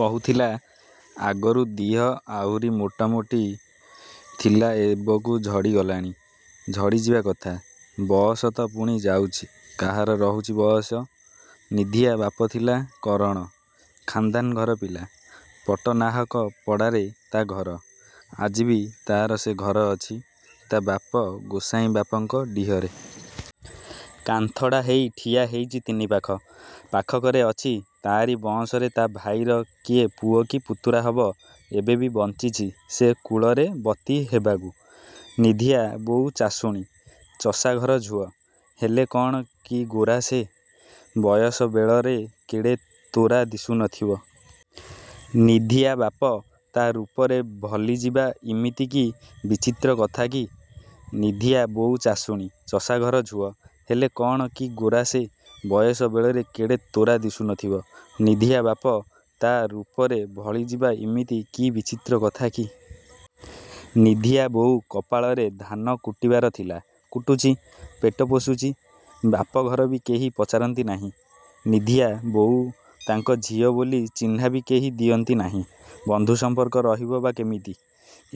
କହୁଥିଲା, ଆଗରୁ ଦିହ ଆହୁରି ମୋଟାମୋଟି ଥିଲା ଏବକୁ ଝଡ଼ି ଗଲାଣି। ଝଡ଼ିଯିବା କଥା। ବଅସ ତ ପୁଣି ଯାଉଚି କାହାର ରହୁଚି ବୟସ। ନିଧିଆ ବାପ ଥିଲା କରଣ। ଖାନ୍ଦାନ୍ ଘର ପିଲା। ପଟ୍ଟନାହାକ ପଡ଼ାରେ ତା' ଘର। ଆଜିବି ତା'ର ସେ ଘର ଅଛି, ତା' ବାପ ଗୋସାଇଁବାପଙ୍କ ଡିହରେ। କାନ୍ଥଡ଼ା ହେଇ ଠିଆ ହେଇଚି ତିନିପାଖ। ପାଖକରେ ଅଛି ତା'ରି ବଅଁଶରେ ତା' ଭାଇର କିଏ ପୁଅ କି ପୁତୁରା ହବ ଏବେବି ବଞ୍ଚିଛି ସେ କୁଳରେ ବତି ହେବାକୁ। ନିଧିଆ ବୋଉ ଚାଷୁଣୀ। ଚଷାଘର ଝୁଅ। ହେଲେ କ'ଣ କି ଗୋରା ସେ। ବୟସ ବେଳରେ କେଡ଼େ ତୋରା ଦିଶୁନ ଥିବା। ନିଧିଆ ବାପ ତା ରୂପରେ ଭଲିଯିବା ଇମିତି କି ବିଚିତ୍ର କଥା କି! ନିଧିଆ ବୋଉ ଚାଷୁଣୀ। ଚଷାଘର ଝୁଅ। ହେଲେ କ'ଣ କି ଗୋରା ସେ। ବୟସ ବେଳରେ କେଡ଼େ ତୋରା ଦିଶୁ ନଥିବ। ନିଧିଆ ବାପ ତା' ରୂପରେ ଭଳିଯିବା ଇମିତି କି ବିଚିତ୍ର କଥା କି! ନିଧିଆ ବୋଉ କପାଳରେ ଧାନକୁଟିବାର ଥିଲା, କୁଟୁଛି। ପେଟ ପୋଷୁଛି। ବାପ ଘରବି କେହି ପଚାରନ୍ତି ନାହିଁ। ନିଧିଆ ବୋଉ ତାଙ୍କ ଝିଅ ବୋଲି ଚିହ୍ନାବି କେହି ଦିଅନ୍ତି ନାହିଁ। ବନ୍ଧୁ ସମ୍ପର୍କ ରହିବ ବା କିମିତି!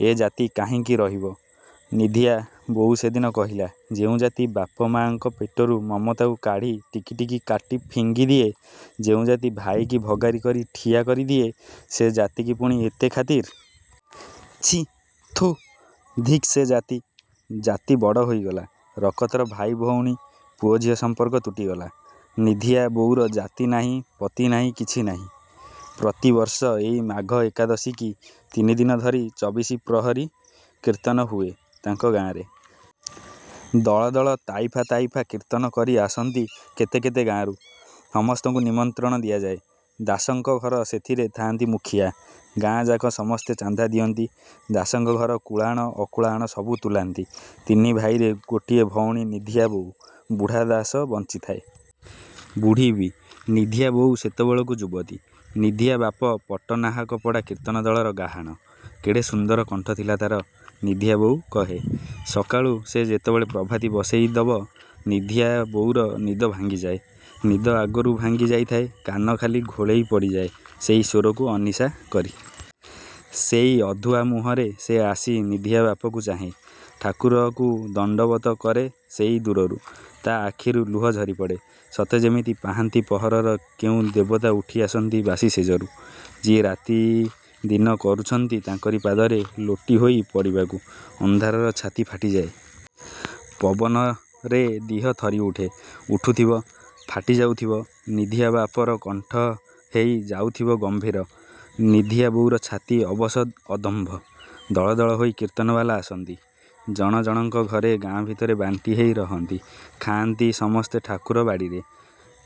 ଏ ଜାତି କାହିଁକି ରହିବ? ନିଧିଆ ବୋଉ ସେଦିନ କହିଲା, ଯେଉଁ ଜାତି ବାପ ମାଙ୍କ ପେଟରୁ ମମତାକୁ କାଢ଼ି ଟିକିଟିକି କାଟି ଫିଙ୍ଗି ଦିଏ, ଯେଉଁ ଜାତି ଭାଇକି ଭଗାରି କରି ଠିଆ କରିଦିଏ, ସେ ଜାତିକି ପୁଣି ଏତେ ଖାତିର। ଛି! ଥୁ! ଧିକ ସେ ଜାତି, ଜାତି ବଡ଼ ହୋଇଗଲା। ରକତର ଭାଇ ଭଉଣୀ, ପୁଅ ଝିଅ ସମ୍ପର୍କ ତୁଟିଗଲା? ନିଧିଆ ବୋଉର ଜାତି ନାହିଁ ପତି ନାହିଁ କିଛି ନାହିଁ! ପ୍ରତିବର୍ଷ ଏଇ ମାଘ ଏକାଦଶୀକି ତିନିଦିନ ଧରି ଚବିଶ ପ୍ରହରୀ କୀର୍ତ୍ତନ ହୁଏ, ତାଙ୍କ ଗାଁରେ। ଦଳଦଳ ତାଇଫା ତାଇଫା କୀର୍ତ୍ତନ କରି ଆସନ୍ତି କେତେ କେତେ ଗାଁରୁ। ସମସ୍ତଙ୍କୁ ନିମନ୍ତ୍ରଣ ଯାଏଁ। ଦାସଙ୍କ ଘର ସେଥିରେ ଥାନ୍ତି ମୁଖିଆ। ଗାଁଯାକ ସମସ୍ତେ ଚାନ୍ଦା ଦିଅନ୍ତି। ଦାସଙ୍କ ଘର କୁଳାଣ ଅକୁଳାଣ ସବୁ ତୁଲାନ୍ତି। ତିନିଭାଇରେ ଗୋଟିଏ ଭଉଣୀ ନିଧିଆ ବୋଉ। ବୁଢ଼ା ଦାସ ବଞ୍ଚିଥାଏ। ବୁଢ଼ୀବି। ନିଧିଆବୋଉ ସେତେବେଳକୁ ଯୁବତୀ। ନିଧିଆ ବାପ ପଟ୍ଟନାହାକପଡ଼ା କୀର୍ତ୍ତନ ଦଳର ଗାହାଣ। କେଡ଼େ ସୁନ୍ଦର କଣ୍ଠଥିଲା ତା'ର। ନିଧିଆବୋଉ କହେ। ସକାଳୁ ସେ ଯେତେବେଳେ ପ୍ରଭାତୀ ବସେଇ ଦବ ନିଧିଆ ବୋଉର ନିଦ ଭାଙ୍ଗିଯାଏ ନିଦ ଆଗରୁ ଭାଙ୍ଗି ଯାଇଥାଏ କାନ ଖାଲି ଘୋଳେଇ ପଡ଼ିଯାଏ ସେଇ ସ୍ୱରକୁ ଅନିସା କରି। ସେଇ ଅଧୁଆମୁହଁରେ ସେ ଆସି ନିଧିଆବାପକୁ ଚାହେଁ। ଠାକୁରକୁ ଦଣ୍ଡବତ କରେ ସେଇ ଦୂରରୁ। ତା' ଆଖିରୁ ଲୁହ ଝରିପଡ଼େ। ସତେ ଯେମିତି ପାହାନ୍ତି ପହରର କେଉଁ ଦେବତା ଉଠିଆସନ୍ତି ବାସିଶେଯରୁ, ଯିଏ ରାତିଦିନ କରୁଚନ୍ତି ତାଙ୍କରି ପାଦରେ ଲୋଟି ହୋଇ ପଡ଼ିବାକୁ। ଅନ୍ଧାରର ଛାତି ଫାଟିଯାଏ। ପବନରେ ଦିହ ଥରିଉଠେ। ଉଠୁଥିବ। ଫାଟି ଯାଉଥିବ। ନିଧିଆବାପର କଣ୍ଠ ହେଇ ଯାଉଥିବ ଗମ୍ଭୀର, ନିଧିଆ ବୋଉର ଛାତି ଅବଶ ଅଦମ୍ଭ। ଦଳଦଳ ହେଇ କୀର୍ତ୍ତନବାଲା ଆସନ୍ତି। ଜଣ ଜଣଙ୍କ ଘରେ ଗାଁ ଭିତରେ ବାଣ୍ଟି ହେଇ ରହନ୍ତି। ଖାଆନ୍ତି ସମସ୍ତେ ଠାକୁର ବାଡ଼ିରେ।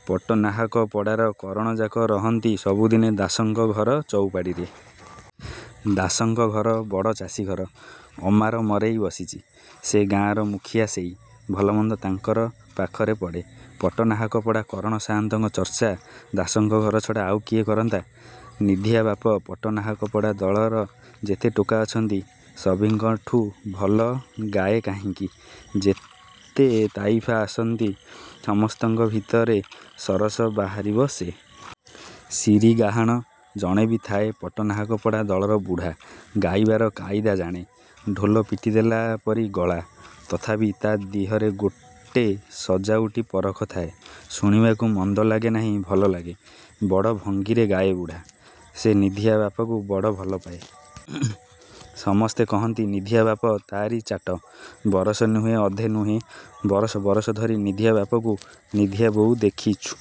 ପଟ୍ଟନାହାକ ପଡ଼ାର କରଣଯାକ ରହନ୍ତି ସବୁଦିନେ ଦାସଙ୍କ ଘର ଚଉପାଢ଼ିରେ। ଦାସଙ୍କ ଘର ବଡ଼ ଚାଷୀଘର। ଅମାର ମରେଇ ବସିଚି। ସେ ଗାଁର ମୁଖିଆ ସେଇ। ଭଲମନ୍ଦ ତାଙ୍କର ପାଖରେ ପଡ଼େ। ପଟ୍ଟନାହାକପଡ଼ା କରଣ ସାଆନ୍ତଙ୍କ ଚର୍ଚ୍ଚା ଦାସଙ୍କ ଘର ଛଡ଼ା ଆଉ କିଏ କରନ୍ତା! ନିଧିଆବାପ ପଟ୍ଟନାହାକପଡ଼ା ଦଳର ଯେତେ ଟୋକା ଅଛନ୍ତି, ସଭିଙ୍କଠୁ ଭଲ ଗାଏ କାହିଁକି, ଯେତେ ତାଇଫା ଆସନ୍ତି ସମସ୍ତଙ୍କ ଭିତରେ ସରସ ବାହାରିବ ସେ। ଶିରୀଗାହାଣ ଜଣେବି ଥାଏ ପଟ୍ଟନାହାକପଡ଼ା ଦଳର ବୁଢ଼ା। ଗାଇବାର କାଇଦା ଜାଣେ। ଢୋଲ ପିଟିଦେଲା ପରି ଗଳା। ତଥାପି ତା' ଦିହରେ ଗୋଟେ ସଜାଉଟୀ ପରଖ ଥାଏ, ଶୁଣିବାକୁ ମନ୍ଦ ଲାଗେ ନାହିଁ ଭଲ ଲାଗେ। ବଡ଼ ଭଙ୍ଗୀରେ ଗାଏ ବୁଢ଼ା। ସେ ନିଧିଆ ବାପାକୁ ବଡ଼ ଭଲପାଏ। ସମସ୍ତେ କହନ୍ତି, ନିଧିଆବାପ ତା'ରି ଚାଟ। ବରଷେ ନୁହେଁ ଅଧେ ନୁହେଁ; ବରଷ ବରଷ ଧରି ନିଧିଆ ବାପକୁ ନିଧିଆ ବୋଉ ଦେଖିଛୁ।